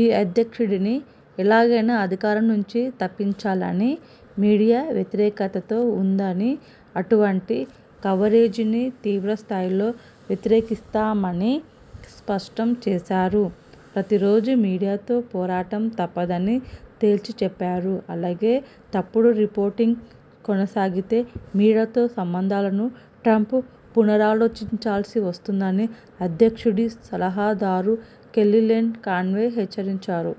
ఈ అధ్యక్షుడిని ఎలాగైనా అధికారం నుంచి తప్పించాలని మీడియా వ్యతిరేకతతో ఉందని, అటువంటి కవరేజీని తీవ్రస్థాయిలో వ్యతిరేకిస్తామని స్పష్టం చేశారు. ప్రతిరోజూ మీడియాతో పోరాటం తప్పదని తేల్చి చెప్పారు. అలాగే, తప్పుడు రిపోర్టింగ్ కొనసాగితే మీడియాతో సంబంధాలను ట్రంప్ పునరాలోచించాల్సి వస్తుందని అధ్యక్షుడి సలహాదారు కెల్లీలేన్ కాన్వే హెచ్చరించారు.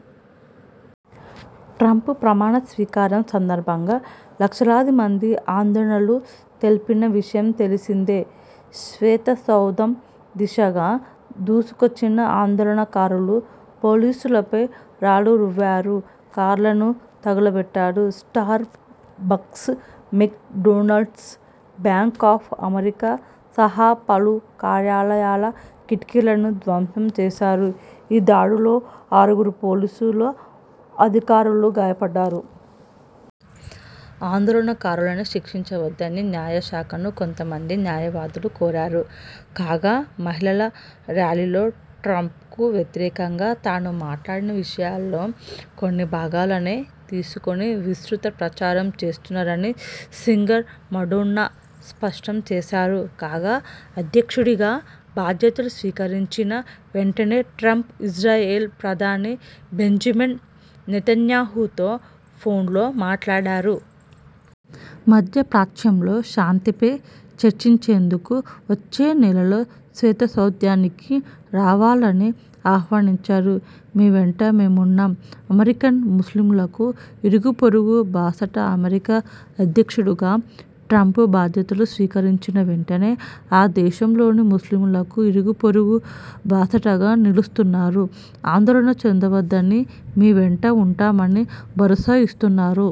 ట్రంప్ ప్రమాణ స్వీకారం సందర్భంగా లక్షలాదిమంది ఆందోళనలు తెలిపిన విషయం తెలిసిందే. శ్వేతసౌధం దిశగా దూసుకొచ్చిన ఆందోళనకారులు పోలీసులపై రాళ్లు రువ్వారు. కార్లను తగులబెట్టారు. Starbucks, McDonald's, Bank of America సహా పలు కార్యాలయాల కిటికీలను ధ్వంసం చేశారు. ఈ దాడుల్లో ఆరుగురు పోలీసు అధికారులు గాయపడ్డారు. ఆందోళనకారులను శిక్షించవద్దని న్యాయ శాఖను కొంతమంది న్యాయవాదులు కోరారు. కాగా, మహిళల ర్యాలీలో ట్రంప్కు వ్యతిరేకంగా తాను మాట్లాడిన విషయాల్లో కొన్ని భాగాలనే తీసుకుని విస్తృత ప్రచారం చేస్తున్నారని సింగర్ మడోన్నా స్పష్టం చేశారు. కాగా, అధ్యక్షుడిగా బాధ్యతలు స్వీకరించిన వెంటనే ట్రంప్ ఇజ్రాయెల్ ప్రధాని బెంజిమన్ నెతన్యాహూతో ఫోన్లో మాట్లాడారు. మధ్యప్రాచ్యంలో శాంతిపై చర్చించేందుకు వచ్చే నెలలో శ్వేతసౌధ్యానికి రావాలని ఆహ్వానించారు. మీవెంట మేమున్నాం అమెరికన్ ముస్లిములకు ఇరుగుపొరుగు బాసట అమెరికా అధ్యక్షుడుగా ట్రంప్ బాధ్యతలు స్వీకరించిన వెంటనే, ఆ దేశంలోని ముస్లిములకు ఇరుగుపొరుగు బాసటగా నిలుస్తున్నారు. ఆందోళన చెందవద్దని, మీ వెంట ఉంటామని భరోసా ఇస్తున్నారు.